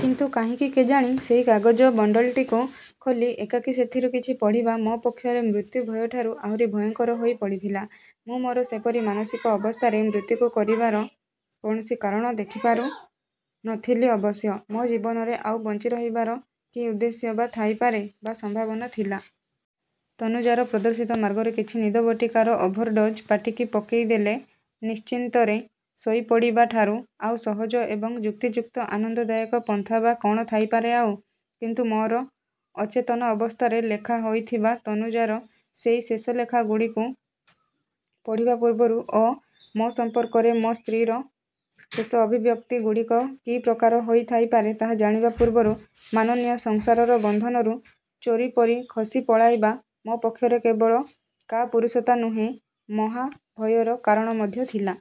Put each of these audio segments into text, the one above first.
କିନ୍ତୁ କାହିଁକି କେଜାଣି ସେଇ କାଗଜ ବଣ୍ଡିଲଟିକୁ ଖୋଲି ଏକାକୀ ସେଥିରୁ କିଛି ପଢ଼ିବା ମୋ ପକ୍ଷରେ ମୃତ୍ୟୁ ଭୟଠାରୁ ଆହୁରି ଭୟଙ୍କର ହୋଇ ପଡ଼ିଥିଲା। ମୁଁ ମୋର ସେପରି ମାନସିକ ଅବସ୍ଥାରେ ମୃତ୍ୟୁକୁ କରିବାର କୌଣସି କାରଣ ଦେଖିପାରୁ ନ ଥିଲି ଅବଶ୍ୟ। ମୋ ଜୀବନରେ ଆଉ ବଞ୍ଚି ରହିବାର କି ଉଦ୍ଦେଶ୍ୟ ବା ଥାଇପାରେ ବା ସମ୍ଭାବନା ଥିଲା। ତନୁଜାର ପ୍ରଦର୍ଶିତ ମାର୍ଗରେ କିଛି ନିଦ ବଟିକାର ଓଭରଡୋଜ୍ ପାଟିକି ପକେଇଦେଲେ ନିଶ୍ଚିନ୍ତରେ ଶୋଇପଡ଼ିବାଠାରୁ ଆଉ ସହଜ ଏବଂ ଯୁକ୍ତିଯୁକ୍ତ ଆନନ୍ଦ ଦାୟକ ପନ୍ଥା ବା କ'ଣ ଥାଇପାରେ ଆଉ। କିନ୍ତୁ ମୋର ଅଚେତନ ଅବସ୍ଥାରେ ଲେଖା ହୋଇଥିବା ତନୁଜାର ସେଇ ଶେଷ ଲେଖା ଗୁଡ଼ିକୁ ପଢ଼ିବା ପୂର୍ବରୁ ଓ ମୋ ସମ୍ପର୍କରେ ମୋ ସ୍ତ୍ରୀର ଶେଷ ଅଭିବ୍ୟକ୍ତି ଗୁଡ଼ିକ କି ପ୍ରକାର ହୋଇ ଥାଇପାରେ ତାହା ଜାଣିବା ପୂର୍ବରୁ ମାନନୀୟ ସଂସାରର ବନ୍ଧନରୁ ଚୋରି ପରି ଖସି ପଳାଇବା ମୋ ପକ୍ଷରେ କେବଳ କାପୁରୁଷତା ନୁହେଁ ମହାଭୟର କାରଣ ମଧ୍ୟ ଥିଲା।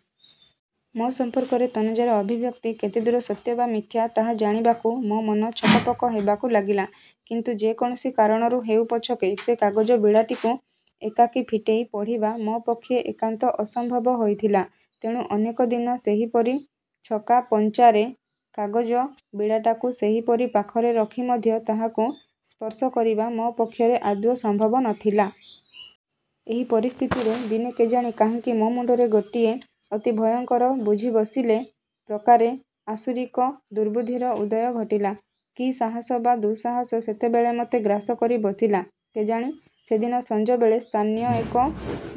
ମୋ ସମ୍ପର୍କରେ ତନୁଜାର ଅଭିବ୍ୟକ୍ତି କେତେଦୂର ସତ୍ୟ ବା ମିଥ୍ୟା ତାହା ଜାଣିବାକୁ ମୋ ମନ ଛକପକ ହେବାକୁ ଲାଗିଲା। କିନ୍ତୁ ଯେ କୌଣସି କାରଣରୁ ହେଉ ପଛକେ ସେ କାଗଜ ବିଡ଼ାଟିକୁ ଏକାକୀ ଫିଟେଇ ପଢ଼ିବା ମୋ ପକ୍ଷେ ଏକାନ୍ତ ଅସମ୍ଭବ ହୋଇଥିଲା। ତେଣୁ ଅନେକ ଦିନ ସେହିପରି ଛକା ପଞ୍ଚାରେ କାଗଜ ବିଡ଼ାଟାକୁ ସେହିପରି ପାଖରେ ରଖି ମଧ୍ୟ ତାହାକୁ ସ୍ପର୍ଶ କରିବା ମୋ ପକ୍ଷରେ ଆଦୌ ସମ୍ଭବ ନଥିଲା। ଏହି ପରିସ୍ଥିତିରେ ଦିନେ କେଜାଣି କାହିଁକି ମୋ ମୁଣ୍ଡରେ ଗୋଟିଏ ଅତି ଭୟଙ୍କର, ବୁଝିବସିଲେ ପ୍ରକାରେ ଆସୁରିକ ଦୁର୍ବୁଦ୍ଧିର ଉଦୟ ଘଟିଲା। କି ସାହସ ବା ଦୁଃସାହସ ସେତେବେଳେ ମତେ ଗ୍ରାସ କରି ବସିଲା କେଜାଣି। ସେଦିନ ସଞ୍ଜବେଳେ ସ୍ଥାନୀୟ ଏକ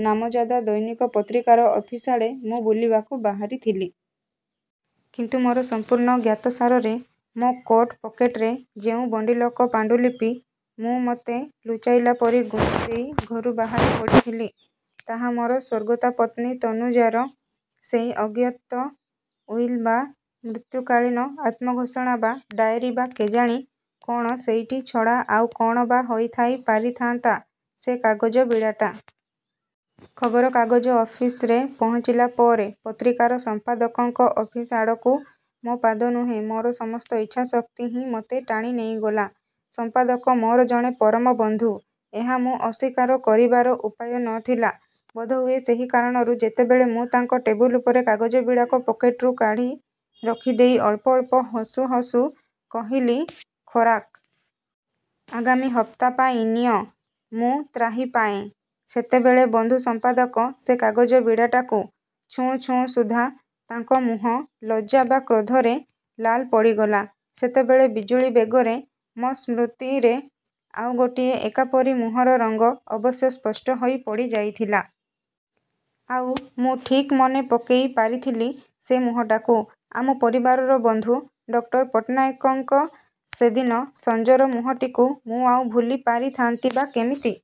ନାମଜାଦା ଦୈନିକ ପତ୍ରିକାର ଅଫିସ ଆଡ଼େ ମୁଁ ବୁଲିବାକୁ ବାହାରିଥିଲି। କିନ୍ତୁ ମୋର ସମ୍ପୂର୍ଣ୍ଣ ଜ୍ଞାତସାରରେ ମୋ କୋଟ ପକେଟରେ ଯେଉଁ ବଣ୍ଡିଲକ ପାଣ୍ଡୁଲିପି ମୁଁ ମତେ ଲୁଚେଇଲା ପରି ଗୁଞ୍ଜିଦେଇ ଘରୁ ବାହାରି ପଡ଼ିଥିଲି, ତାହା ମୋର ସ୍ଵର୍ଗତା ପତ୍ନୀ ତନୁଜାର ସେଇ ଅଜ୍ଞତ ଉଇଲ୍ ବା ମୃତ୍ୟୁକାଳୀନ ଆତ୍ମଘୋଷଣା ବା ଡାଏରୀ ବା କେଜାଣି କ'ଣ-ସେଇଟି ଛଡ଼ା ଆଉ କ'ଣ ବା ହୋଇଥାଇ ପାରିଥାନ୍ତା ସେ କାଗଜ ବିଡ଼ାଟା। ଖବର କାଗଜ ଅଫିସରେ ପହଞ୍ଚିଲା ପରେ ପତ୍ରିକାର ସମ୍ପାଦକଙ୍କ ଅଫିସ ଆଡ଼କୁ ମୋ ପାଦ ନୁହେଁ ମୋର ସମସ୍ତ ଇଚ୍ଛା ଶକ୍ତି ହିଁ ମତେ ଟାଣି ନେଇଗଲା। ସମ୍ପାଦକ ମୋର ଜଣେ ପରମ ବନ୍ଧୁ-ଏହା ମୁଁ ଅସ୍ଵୀକାର କରିବାର ଉପାୟ ନ ଥିଲା। ବୋଧହୁଏ ସେହି କାରଣରୁ ଯେତେବେଳେ ମୁଁ ତାଙ୍କ ଟେବୁଲ ଉପରେ କାଗଜବିଡ଼ାକ ପକେଟରୁ କାଢ଼ି ରଖିଦେଇ ଅଳ୍ପ ଅଳ୍ପ ହସୁ ହସୁ କହିଲି-ଖୋରାକ! -ଆଗାମୀ ହପ୍ତା ପାଇଁ। ନିଅ। ମୁଁ ତ୍ରାହି ପାଏଁ। ସେତେବେଳେ ବନ୍ଧୁ ସମ୍ପାଦକ ସେ କାଗଜ ବିଡ଼ାଟାକୁ ଛୁଉଁ ଛୁଉଁ ସୁଦ୍ଧା ତାଙ୍କ ମୁହଁ ଲଜ୍ଜା ବା କ୍ରୋଧରେ ଲାଲ ପଡ଼ିଗଲା। ସେତେବେଳେ ବିଜୁଳି ବେଗରେ ମୋ ସ୍ମୃତିରେ ଆଉ ଗୋଟିଏ ଏକାପରି ମୁହଁର ରଙ୍ଗ ଅବଶ୍ୟ ସ୍ପଷ୍ଟ ହୋଇ ପଡ଼ି ଯାଇଥିଲା। ଆଉ, ମୁଁ ଠିକ୍ ମନେ ପକେଇ ପାରିଥିଲି ସେ ମୁହଁଟାକୁ। ଆମ ପରିବାରର ବନ୍ଧୁ ଡଃ ପଟ୍ଟନାୟକଙ୍କ ସେଦିନ ସଞ୍ଜର ମୁହଁଟିକୁ ମୁଁ ଆଉ ଭୁଲିପାରିଥାନ୍ତି ବା କେମିତି?